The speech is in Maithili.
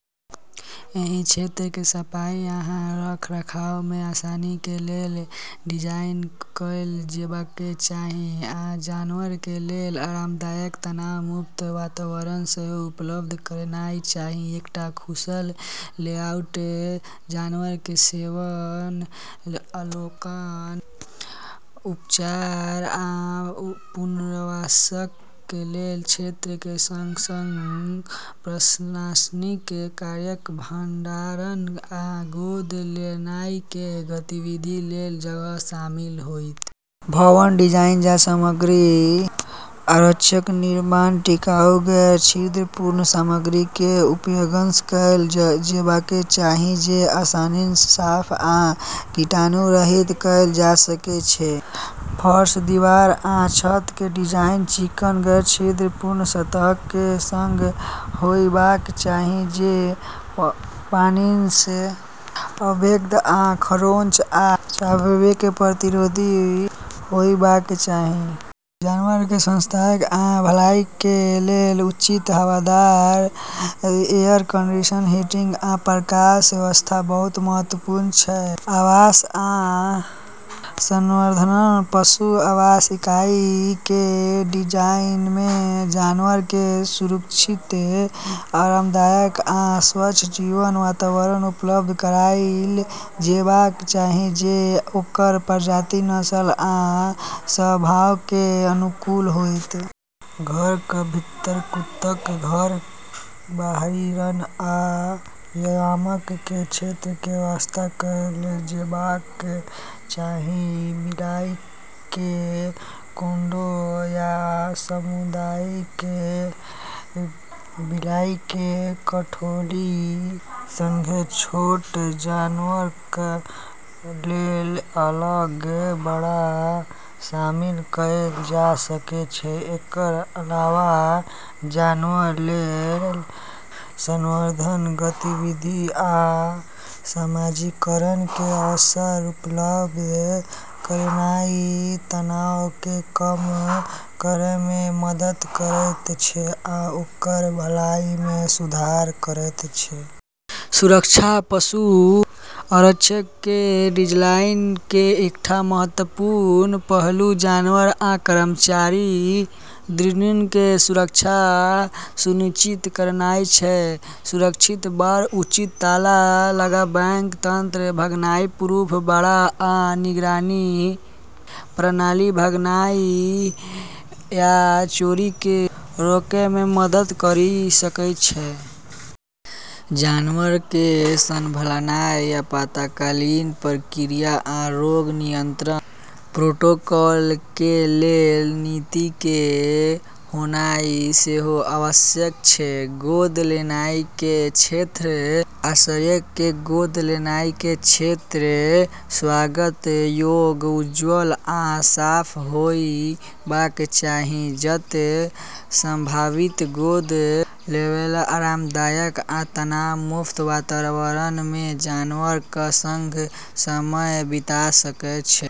एहि क्षेत्रके सफाइ आ रखरखावमे आसानीके लेल डिजाइन कैल जेबाक चाही, आ जानवरके लेल आरामदायक, तनाव मुक्त वातावरणके सेहो उपलब्ध करेनाइ चाही। एकटा कुशल लेआउटमे जानवरके सेवन, अवलोकन, उपचार, आ पुनर्वासके लेल क्षेत्रके सङ्ग- सङ्ग प्रशासनिक कार्यक, भंडारण आ गोद लेनाइके गतिविधिके लेल जगह शामिल होइत। भवन डिजाइन आ सामग्री: आश्रयके निर्माण टिकाऊ, गैर-छिद्रपूर्ण सामग्रीके उपयोगसँ कैल जेबाक चाही जे आसानीसँ साफ आ कीटाणुरहित कैल जा सकै छै। फर्श, दीवार आ छतके डिजाइन चिक्कन, गैर-छिद्रपूर्ण सतहके सङ्ग होइबाक चाही, जे पानिसँ अभेद्य आ खरोंच आ चबाबैके प्रतिरोधी होइबाक चाही। जानवरके स्वास्थ्य आ भलाइके लेल उचित हवादार, एयर कंडीशनिंग, हीटिंग, आ प्रकाश व्यवस्था बहुत महत्वपूर्ण छै। आवास आ संवर्धन: पशु आवास इकाइके डिजाइनमे जानवरके सुरक्षित, आरामदायक आ स्वच्छ जीवन वातावरण उपलब्ध कराइल जेबाक चाही, जे ओकर प्रजाति, नस्ल आ स्वभावके अनुकूल होइत। घरक भीतर कुत्ताक घर, बाहरी रन, आ व्यायामके क्षेत्रके व्यवस्था कैल जेबाक चाही। बिलाइके कोंडो या सामुदायिक बिलाइके कोठली, सङ्गहेँ छोट जानवरक लेल अलग बाड़ा, शामिल कैल जा सकै छै। एकर अलावा, जानवरक लेल संवर्धन गतिविधि आ समाजीकरणके अवसर उपलब्ध करेनाइ तनावके कम करैमे मदद करैत छै आ ओकर भलाइमे सुधार करैत छै। सुरक्षा: पशु आश्रयके डिजाइनके एकटा महत्वपूर्ण पहलू जानवर आ कर्मचारी दुन्नूके सुरक्षा सुनिश्चित करनाइ छै। सुरक्षित बाड़, उचित ताला लगाबैके तंत्र, भागनाइ -प्रूफ बाड़ा, आ निगरानी प्रणाली भागनाइ या चोरीके रोकैमे मदद करि सकै छै। जानवरके संभालनाइ, आपातकालीन प्रक्रिया, आ रोग नियंत्रण प्रोटोकॉलके लेल नीतिके होनाइ सेहो आवश्यक छै। गोद लेनाइके क्षेत्र: आश्रयके गोद लेनाइके क्षेत्र स्वागत योग्य, उज्ज्वल आ साफ होइबाक चाही, जत' संभावित गोद लैबला आरामदायक आ तनाव मुक्त वातावरणमे जानवरक सङ्ग समय बिता सकै छै।